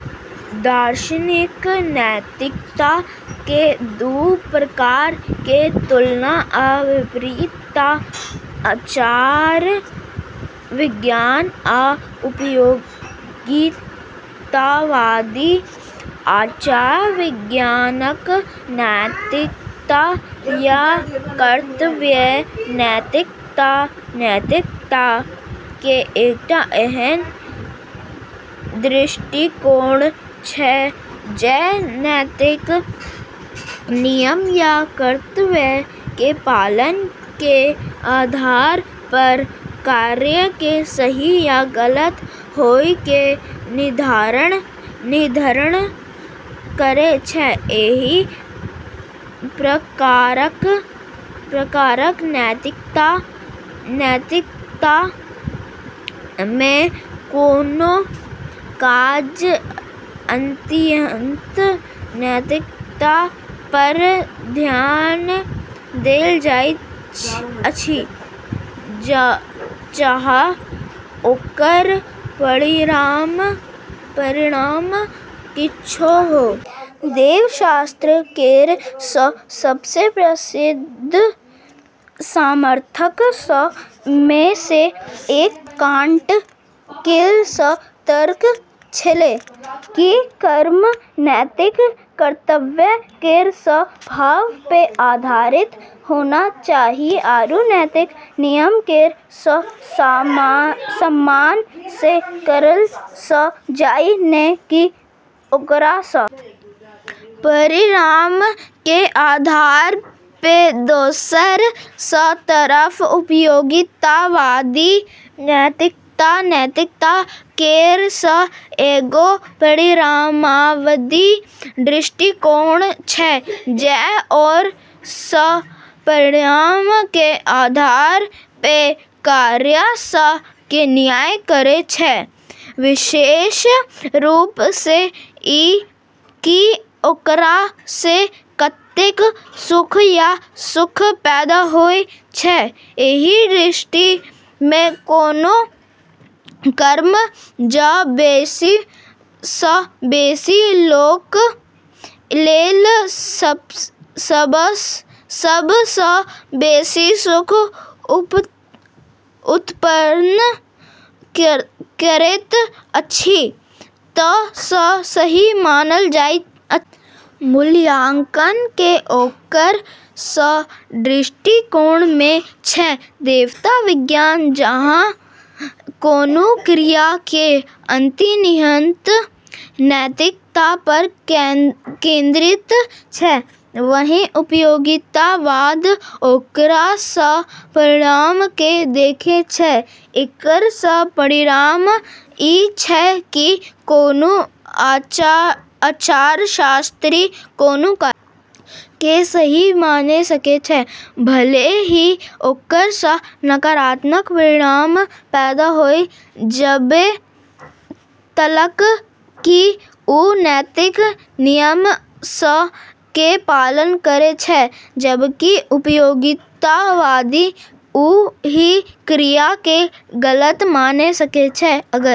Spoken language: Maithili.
दार्शनिक नैतिकता के दू प्रकार के तुलना आ विपरीतता आचार-विज्ञान आ उपयोगितावादी आचार-विज्ञानक नैतिकता या कर्तव्य नैतिकता नैतिकता के एकटा एहन दृष्टिकोण छै जे नैतिक नियम या कर्तव्य के पालन के आधार पर कार्य के सही या गलत होय के निर्धारण करै छै, एहि प्रकारक नैतिकता मे कोनो काजक अंतर्निहित नैतिकता पर ध्यान देल जाइत अछि, चाहे ओकर परिणाम किछुओ हो। देवशास्त्र केरऽ सबसें प्रसिद्ध समर्थकऽ मे से एक कांट केरऽ तर्क छेलै कि कर्म नैतिक कर्तव्य केरऽ भाव पे आधारित होना चाहि आरू नैतिक नियम केरऽ सम्मान से करलऽ जाय, नै कि ओकरऽ परिणाम के आधार पे, दोसरऽ तरफ उपयोगितावादी नैतिकता नैतिकता केरऽ एगो परिणामवादी दृष्टिकोण छै जे ओकरऽ परिणाम के आधार पे कार्यऽ के न्याय करै छै, विशेष रूप से कि ओकरा से कतेक सुख या सुख पैदा होय छै, एहि दृष्टि मे कोनो कर्म जँ बेसी सँ बेसी लोकक लेल सबसँ बेसी सुख उत्पन्न करैत अछि तऽ सही मानल जाइत अछि। मूल्यांकन के ओकरऽ दृष्टिकोण में छै, देवता विज्ञान जहाँ कोनो क्रिया के अंतर्निहित नैतिकता पर केंद्रित छै, वहीं उपयोगितावाद ओकरऽ परिणाम के देखै छै, एकरऽ परिणाम ई छै कि कोनो आचारशास्त्री कोनो कार्य के सही माने सकै छै, भले ही ओकरऽ नकारात्मक परिणाम पैदा होय, जबे तलक कि उ नैतिक नियमऽ के पालन करै छै, जबकि उपयोगितावादी उ ही क्रिया के गलत माने सकै छै अगर